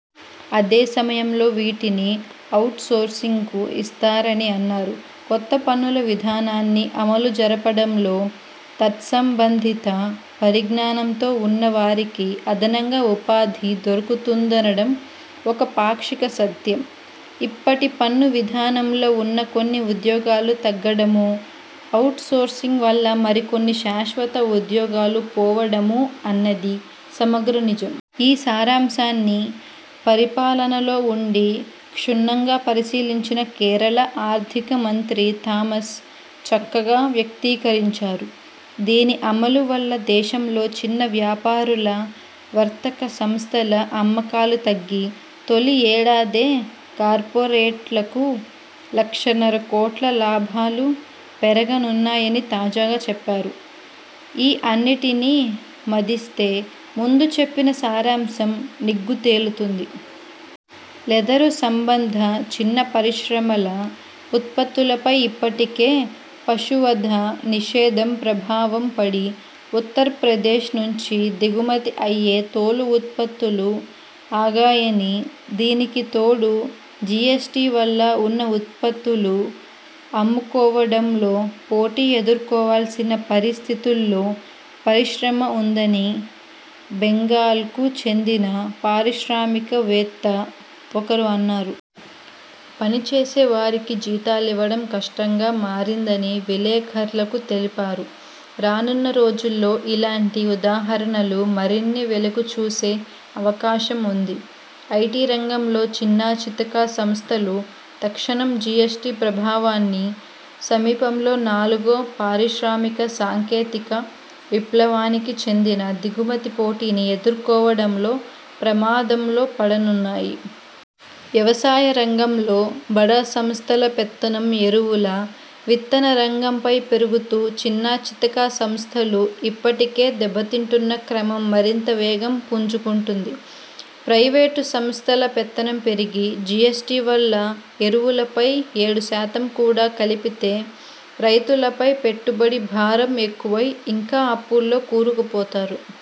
అదే సమయంలో వీటిని అవుట్ సోర్సింగ్కూ ఇస్తారని అన్నారు. కొత్త పన్నుల విధానాన్ని అమలు జరపడంలో తత్సంబంధిత పరిజ్ఞానంతో ఉన్న వారికి అదనంగా ఉపాధి దొరుకుతుందనడం ఒక పాక్షిక సత్యం. ఇప్పటి పన్ను విధానంలో ఉన్న కొన్ని ఉద్యోగాలు తగ్గడమూ, అవుట్ సోర్సింగ్ వల్ల మరికొన్ని శాశ్వత ఉద్యోగాలు పోవడమూ అన్నది సమగ్ర నిజం. ఈ సారాంశాన్ని పరిపాలనలో ఉండి క్షుణ్ణంగా పరిశీలించిన కేరళ ఆర్థిక మంత్రి థామస్ చక్కగా వ్యక్తీకరించారు. దీని అమలు వల్ల దేశంలో చిన్న వ్యాపారుల, వర్తక సంస్థల అమ్మకాలు తగ్గి తొలి యేడాదే కార్పొరేట్లకు లక్షన్నర కోట్ల లాభాలు పెరగనున్నాయని తాజాగా చెప్పారు. ఈ అన్నిటినీ మదిస్తే ముందు చెప్పిన సారాంశం నిగ్గు తేలుతుంది. లెదరు సంబంధ చిన్న పరిశ్రమల ఉత్పత్తులపై ఇప్పటికే పశువధ నిషేధం ప్రభావం పడి ఉత్తరప్రదేశ్ నుంచి దిగుమతి అయ్యే తోలు ఉత్పత్తులు ఆగాయనీ, దీనికి తోడు జీఎస్టీ వల్ల ఉన్న ఉత్పత్తులు అమ్ముకోవడంలో పోటీ ఎదుర్కోవాల్సిన పరిస్థితుల్లో పరిశ్రమ ఉందనీ బెంగాల్కు చెందిన పారిశ్రామిక వేత్త ఒకరు అన్నారు. పనిచేసే వారికి జీతాలివ్వడం కష్టంగా మారిందని విలేఖర్లకు తెలిపారు. రానున్న రోజుల్లో ఇలాంటి ఉదాహరణలు మరిన్ని వెలుగు చూసే అవకాశం వుంది. ఐటీ రంగంలో చిన్నా చితకా సంస్థలు తక్షణం జీఎస్టీ ప్రభావాన్నీ, సమీపంలో నాలుగో పారిశ్రామిక సాంకేతిక విప్లవానికి చెందిన దిగుమతి పోటీనీ ఎదుర్కోవడంలో ప్రమాదంలో పడనున్నాయి. వ్యవసాయ రంగంలో బడా సంస్థల పెత్తనం ఎరువుల, విత్తన రంగంపై పెరుగుతూ చిన్నచితకా సంస్థలు ఇప్పటికే దెబ్బతింటున్న క్రమం మరింత వేగం పుంజుకుంటుంది. ప్రయివేటు సంస్థల పెత్తనం పెరిగి, జీఎస్టీ వల్ల ఎరువులపై ఏడు శాతం కూడా కలిపితే రైతులపై పెట్టుబడి భారం ఎక్కువై ఇంకా అప్పుల్లో కూరుకుపోతారు.